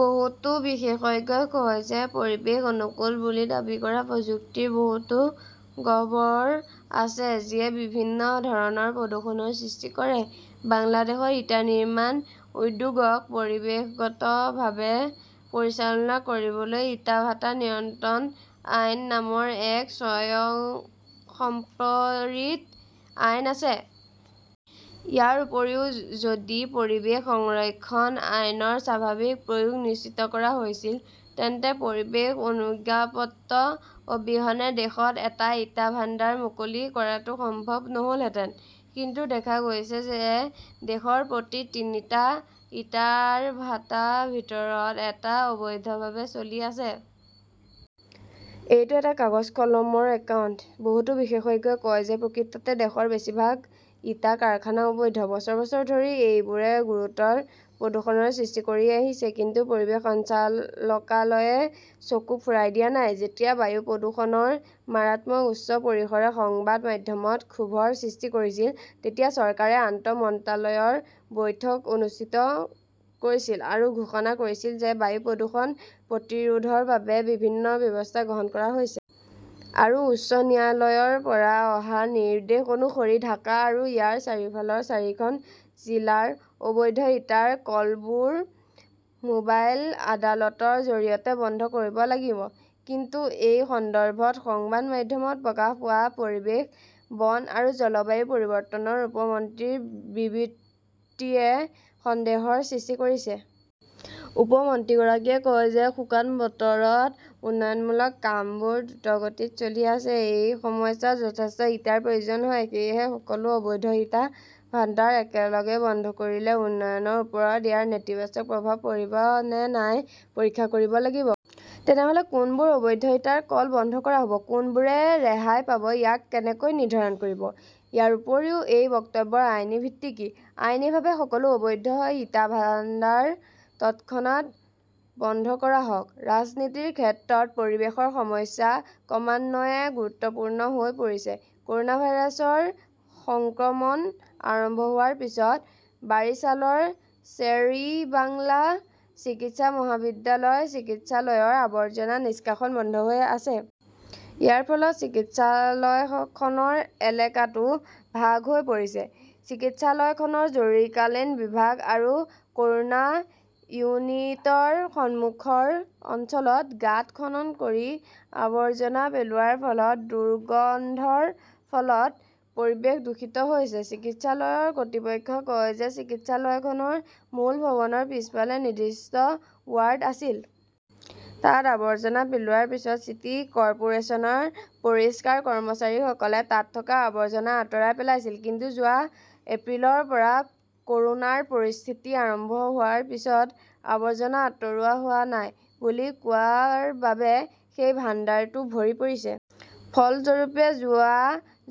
বহুতো বিশেষজ্ঞই কয় যে পৰিৱেশ অনুকূল বুলি দাবী কৰা প্ৰযুক্তিৰ বহুতো গহ্বৰ আছে যিয়ে বিভিন্ন ধৰণৰ প্ৰদূষণৰ সৃষ্টি কৰে। বাংলাদেশত ইটা নিৰ্মাণ উদ্যোগক পৰিৱেশগতভাৱে পৰিচালনা কৰিবলৈ ইটা ভাটা নিয়ন্ত্ৰণ আইন নামৰ এক স্বয়ংসম্পৰিত আইন আছে। ইয়াৰ উপৰিও, যদি পৰিৱেশ সংৰক্ষণ আইনৰ স্বাভাৱিক প্ৰয়োগ নিশ্চিত কৰা হৈছিল, তেন্তে পৰিৱেশ অনুজ্ঞাপত্ৰ অবিহনে দেশত এটা ইটা ভাণ্ডাৰ মুকলি কৰাটো সম্ভৱ নহ'লহেঁতেন। কিন্তু দেখা গৈছে যে দেশৰ প্ৰতি তিনিটা ইটাৰ ভাটাৰ ভিতৰত এটা অবৈধভাৱে চলি আছে। এইটো এটা কাগজ-কলমৰ একাউণ্ট। বহুতো বিশেষজ্ঞই কয় যে প্ৰকৃততে দেশৰ বেছি ভাগ ইটা কাৰখানা অবৈধ। বছৰ বছৰ ধৰি এইবোৰে গুৰুতৰ প্ৰদূষণৰ সৃষ্টি কৰি আহিছে, কিন্তু পৰিৱেশ সঞ্চালকালয়ে চকু ফুৰাই দিয়া নাই। যেতিয়া বায়ু প্ৰদূষণৰ মাৰাত্মক উচ্চ পৰিসৰে সংবাদ মাধ্যমত ক্ষোভৰ সৃষ্টি কৰিছিল, তেতিয়া চৰকাৰে আন্তঃ মন্ত্ৰালয়ৰ বৈঠক অনুষ্ঠিত কৰিছিল আৰু ঘোষণা কৰিছিল যে বায়ু প্ৰদূষণ প্ৰতিৰোধৰ বাবে বিভিন্ন ব্যৱস্থা গ্ৰহণ কৰা হৈছে। আৰু উচ্চ ন্যায়ালয়ৰ পৰা অহা নিৰ্দেশ অনুসৰি ঢাকা আৰু ইয়াৰ চাৰিওফালৰ চাৰিখন জিলাৰ অবৈধ ইটাৰ কলবোৰ মোবাইল আদালতৰ জৰিয়তে বন্ধ কৰিব লাগিব। কিন্তু এই সন্দৰ্ভত সংবাদ মাধ্যমত প্ৰকাশ পোৱা পৰিৱেশ, বন আৰু জলবায়ু পৰিৱৰ্তনৰ উপ মন্ত্ৰীৰ বিবৃতিয়ে সন্দেহৰ সৃষ্টি কৰিছে। উপ-মন্ত্ৰীগৰাকীয়ে কয় যে শুকান বতৰত উন্নয়নমূলক কামবোৰ দ্ৰুতগতিত চলি আছে, এই সময়ছোৱাত যথেষ্ট ইটাৰ প্ৰয়োজন হয়। সেয়েহে সকলো অবৈধ ইটা ভাণ্ডাৰ একেলগে বন্ধ কৰিলে উন্নয়নৰ ওপৰত ইয়াৰ নেতিবাচক প্ৰভাৱ পৰিব নে নাই পৰীক্ষা কৰিব লাগিব। তেনেহ 'লে কোনবোৰ অবৈধ ইটাৰ কল বন্ধ কৰা হ'ব, কোনবোৰে ৰেহাই পাব-ইয়াক কেনেকৈ নিৰ্ধাৰণ কৰিব? ইয়াৰ উপৰিও এই বক্তব্যৰ আইনী ভিত্তি কি? আইনীভাৱে সকলো অবৈধ ইটা ভাণ্ডাৰ তৎক্ষণাত বন্ধ কৰা হওক। ৰাজনীতিৰ ক্ষেত্ৰত পৰিৱেশৰ সমস্যা ক্ৰমান্বয়ে গুৰুত্বপূৰ্ণ হৈ পৰিছে কৰ'না ভাইৰাছৰ সংক্ৰমণ আৰম্ভ হোৱাৰ পিছত বাৰিছালৰ শ্বেৰ-ই-বাংলা চিকিৎসা মহাবিদ্যালয় চিকিৎসালয়ৰ আৱৰ্জনা নিষ্কাশন বন্ধ হৈ আছে। ইয়াৰ ফলত চিকিৎসালয়খনৰ এলেকাটো ভাগ হৈ পৰিছে। চিকিৎসালয়খনৰ জৰুৰীকালীন বিভাগ আৰু কৰোনা ইউনিটৰ সন্মুখৰ অঞ্চলত গাঁত খনন কৰি আৱৰ্জনা পেলোৱাৰ ফলত দুৰ্গন্ধৰ ফলত পৰিৱেশ দূষিত হৈছে। চিকিৎসালয়ৰ কৰ্তৃপক্ষই কয় যে ,চিকিৎসালয়খনৰ মূল ভৱনৰ পিছফালে নিৰ্দিষ্ট ৱাৰ্ড আছিল। তাত আৱৰ্জনা পেলোৱাৰ পিছত চিটি কৰ্পোৰেচনৰ পৰিষ্কাৰ কৰ্মচাৰীসকলে তাত থকা আৱৰ্জনা আঁতৰাই পেলাইছিল। কিন্তু যোৱা এপ্ৰিলৰ পৰা কৰোনাৰ পৰিস্থিতি আৰম্ভ হোৱাৰ পিছত আৱৰ্জনা আতৰোৱা হোৱা নাই বুলি কোৱাৰ বাবে সেই ভাণ্ডাৰটো ভৰি পৰিছে। ফলস্বৰূপে, যোৱা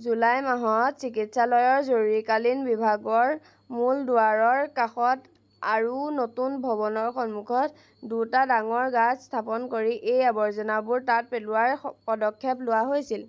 জুলাই মাহত চিকিৎসালয়ৰ জৰুৰীকালীন বিভাগৰ মূল দুৱাৰৰ কাষত আৰু নতুন ভৱনৰ সন্মুখত দুটা ডাঙৰ গাঁত স্থাপন কৰি এই আৱৰ্জনাবোৰ তাত পেলোৱাৰ পদক্ষেপ লোৱা হৈছিল।